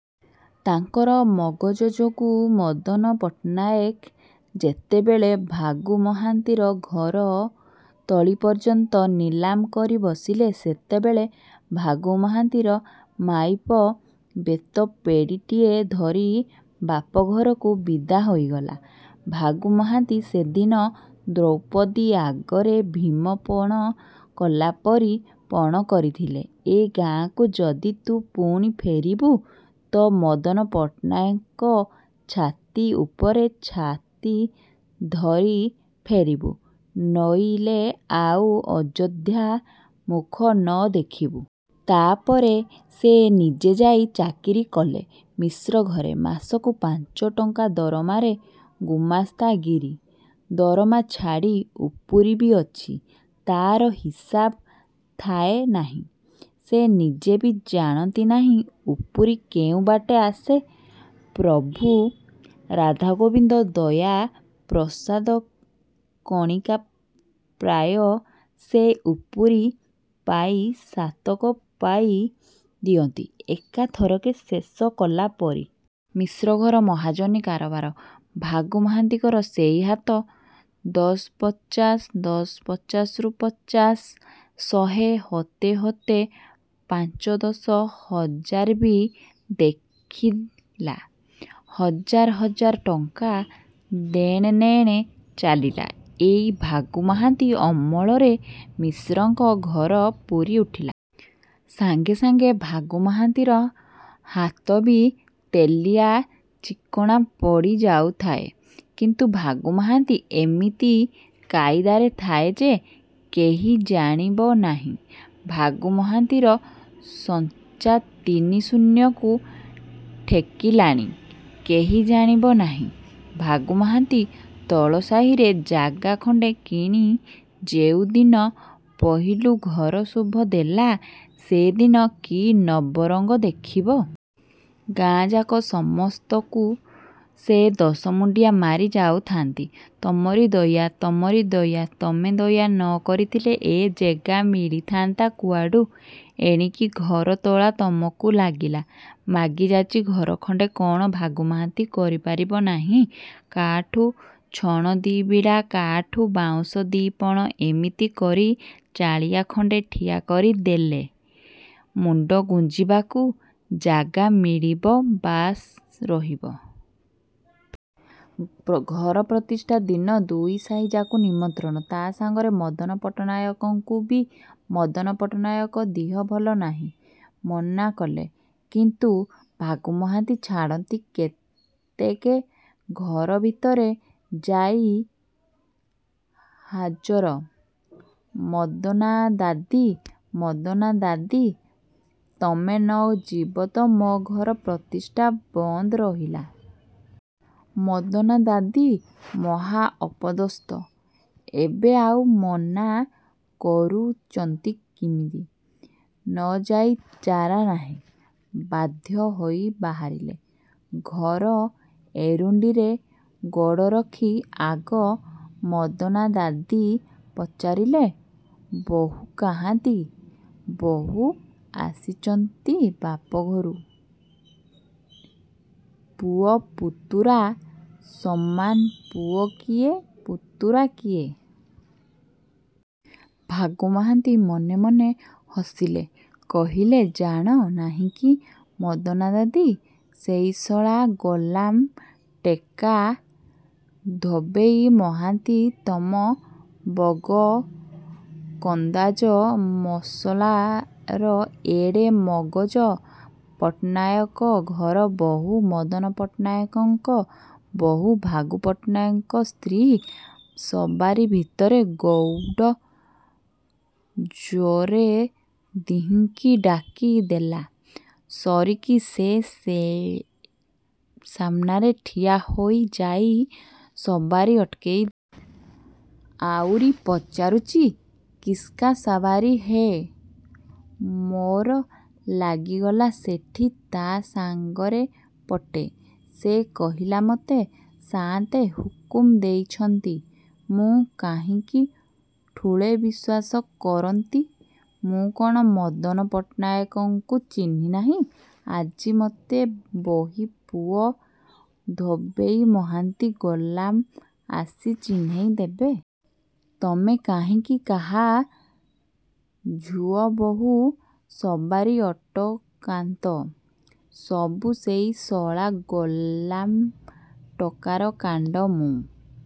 ତାଙ୍କର ମଗଜ ଯୋଗୁଁ। ମଦନ ପଟ୍ଟନାୟକେ ଯେତେବେଳେ ଭାଗୁ ମହାନ୍ତିର ଘରତଳି ପର୍ଯ୍ୟନ୍ତ ନିଲାମ କରି ବସିଲେ, ସେତେବେଳେ ଭାଗୁ ମହାନ୍ତିର ମାଇପ ବେତପେଡ଼ିଟିଏ ଧରି ବାପ ଘରକୁ ବିଦା ହୋଇଗଲା। ଭାଗୁ ମହାନ୍ତି ସେଦିନ ଦ୍ରୌପଦୀ ଆଗରେ ଭୀମ ପଣ କଲାପରି ପଣ କରିଥିଲେ, ଏ ଗାଁକୁ ଯଦି ତୁ ପୁଣି ଫେରିବୁ ତ ମଦନ ପଟ୍ଟନାୟକ ଛାତି ଉପରେ ଛାତି ଧରି ଫେରିବୁ ନଇଲେ ଆଉ ଅଯୋଧ୍ୟା ମୁଖ ନ ଦେଖିବୁ। ତା'ପରେ ସେ ନିଜେ ଯାଇ ଚାକିରି କଲେ ମିଶ୍ର ଘରେ ମାସକୁ ପାଞ୍ଚ ଟଙ୍କା ଦରମାରେ ଗୁମାସ୍ତା ଗିରି। ଦରମା ଛାଡ଼ି ଉପୁରିବି ଅଛି। ତା'ର ହିସାବ ଥାଏ ନାହିଁ। ସେ ନିଜେବି ଜାଣନ୍ତି ନାହିଁ ଉପୁରି କେଉଁ ବାଟେ ଆସେ। ପ୍ରଭୁ ରାଧାଗୋବିନ୍ଦ ଦୟା ପ୍ରସାଦ କଣିକା ପ୍ରାୟ ସେ ଉପୁରି ପଇସାତକ ପାଇ ଦିଅନ୍ତି ଏକା ଥରକେ ଶେଷ କଲା ପରି। ମିଶ୍ର ଘର ମହାଜନି କାରବାର। ଭାଗୁ ମହାନ୍ତିଙ୍କର ସେଇ ହାତ ଦଶ ପଚାଶ, ଦଶ ପଚାଶରୁ ପଚାଶ ଶହେ, ହୋତେ ହୋତେ ପାଞ୍ଚ ଦଶ ହଜାରବି ଦେଖିଲା ହଜାର ହଜାର ଟଙ୍କା ଦେଣନେଣ ଚାଲିଲା ଏଇ ଭାଗୁ ମହାନ୍ତି ଅମଳରେ। ମିଶ୍ରଙ୍କ ଘର ପୂରି ଉଠିଲା। ସାଙ୍ଗେ ସାଙ୍ଗେ ଭାଗୁ ମହାନ୍ତିର ହାତବି ତେଲିଆ ଚିକଣା ପଡ଼ି ଯାଉଥାଏ। କିନ୍ତୁ ଭାଗୁ ମହାନ୍ତି ଏମିତି କାଇଦାରେ ଥାଏ ଯେ, କେହି ଜାଣିବ ନାହିଁ ଭାଗୁ ମହାନ୍ତିର ସଞ୍ଚା ତିନି ଶୂନ୍ୟକୁ ଠେକିଲାଣି କେହି ଜାଣିବ ନାହିଁ। ଭାଗୁ ମହାନ୍ତି ତଳ ସାହିରେ ଜାଗା ଖଣ୍ଡେ କିଣି ଯେଉଁଦିନ ପହିଲୁ ଘର ଶୁଭ ଦେଲେ, ସେ ଦିନ କି ନବରଙ୍ଗ ଦେଖିବ। ଗାଁଯାକ ସମସ୍ତକୁ ସେ ଦଶ ମୁଣ୍ଡିଆ ମାରି ଯାଉଥାନ୍ତି, ''ତମରି ଦୟା ତମରି ଦୟା ତମେ ଦୟା ନ କରିଥିଲେ ଏ ଜେଗା ମିଳିଥାନ୍ତା କୁଆଡ଼ୁ। ଏଣିକି ଘର ତୋଳା ତମକୁ ଲାଗିଲା। ମାଗିଯାଚି ଘର ଖଣ୍ଡେ କ'ଣ ଭାଗୁ ମହାନ୍ତି କରିପାରିବ ନାହିଁ। କାହାଠୁ ଛଣ ଦି' ବିଡ଼ା, କାହାଠୁ ବାଉଁଶ ଦି'ପଣ ଏମିତି କରି ଚାଳିଆ ଖଣ୍ଡେ ଠିଆ କରି ଦେଲେ ମୁଣ୍ଡ ଗୁଞ୍ଜିବାକୁ ଜାଗା ମିଳିବ ବାସ ରହିବ। '' ଘର ପ୍ରତିଷ୍ଠା ଦିନ ଦୁଇ ସାହିଯାକକୁ ନିମନ୍ତ୍ରଣ ତା' ସାଙ୍ଗରେ ମଦନ ପଟ୍ଟନାୟକଙ୍କୁବି। ମଦନ ପଟ୍ଟନାୟକ ଦିହ ଭଲ ନାହିଁ ମନା କଲେ। କିନ୍ତୁ ଭାଗୁ ମହାନ୍ତି ଛାଡ଼ନ୍ତି କେତେକେ! ଘର ଭିତରେ ଯାଇ ହାଜର ''ମଦନାଦାଦି ମଦାନାଦାଦି ତମେ ନ ଯିବ ତ ମୋ ଘର ପ୍ରତିଷ୍ଠା ବନ୍ଦ ରହିଲା। '' ମଦନାଦାଦି ମହା ଅପଦସ୍ତ। ଏବେ ଆଉ ମନା କରୁଚନ୍ତି କିମିତି? ନ ଯାଇ ଚାରା ନାହିଁ। ବାଧ୍ୟ ହେଇ ବାହାରିଲେ। ଘର ଏରୁଣ୍ଡିରେ ଗୋଡ଼ରଖି ଆଗ 'ମଦନାଦାଦି' ପଚାରିଲେ, ''ବହୂ କାହାନ୍ତି? ବହୂ ଆସିଚନ୍ତି ବାପଘରୁ? '' ପୁଅ ପୁତୁରା ସମାନ ପୁଅ କିଏ ପୁତୁରା କିଏ? ଭାଗୁ ମହାନ୍ତି ମନେ ମନେ ହସିଲେ କହିଲେ''ଜାଣ ନାହିଁ କି ମଦନାଦାଦି? ସେଇ ଶଳା ଗୋଲାମ ଟେକା ଧୋବେଇ ମହାନ୍ତି ତମ ବଗକନ୍ଦାଜ ମଶଳାର ଏଡ଼େ ମଗଜ, ପଟ୍ଟନାୟକ ଘର ବହୂ, ମଦନ ପଟ୍ଟନାୟକଙ୍କ ବହୂ ଭାଗୁ ପଟ୍ଟନାୟକଙ୍କ ସ୍ତ୍ରୀ ସବାରୀ ଭିତରେ ଗଉଡ଼ ଜୋର୍ରେ ଦିହିଁଙ୍କି ଡାକି ଦେଲା ସରିକି ସେ ସାମନାରେ ଠିଆ ହେଇଯାଇ ସବାରୀ ଅଟକେଇ ଦଉଚି। ଆଉରି ପଚାରୁଚି 'କିସ୍କା ସବାରୀ ହେ! ' ମୋର ଲାଗିଗଲା ସେଠି ତା' ସାଙ୍ଗରେ ପଟେ। ସେ କହିଲା 'ମୋତେ ସାଆନ୍ତେ ହୁକୁମ ଦେଇଚନ୍ତି। ' ମୁଁ କାହିଁକି ଠୁଳେ ବିଶ୍ୱାସ କରନ୍ତି। ମୁଁ କ'ଣ ମଦନ ପଟ୍ଟନାହାକଙ୍କୁ ଚିହ୍ନି ନାହିଁ ଆଜି ମୋତେ ବେହିପୁଅ ଧୋବେଇ ମହାନ୍ତି ଗୋଲାମ ଆସି ଚିହ୍ନେଇ ଦେବ। ତମେ କାହିଁକି କାହା ଝୁଅ ବହୂ ସବାରୀ ଅଟକାନ୍ତ। ସବୁ ସେଇ ଶଳା ଗୋଲାମ ଟୋକାର କାଣ୍ଡ। ମୁଁ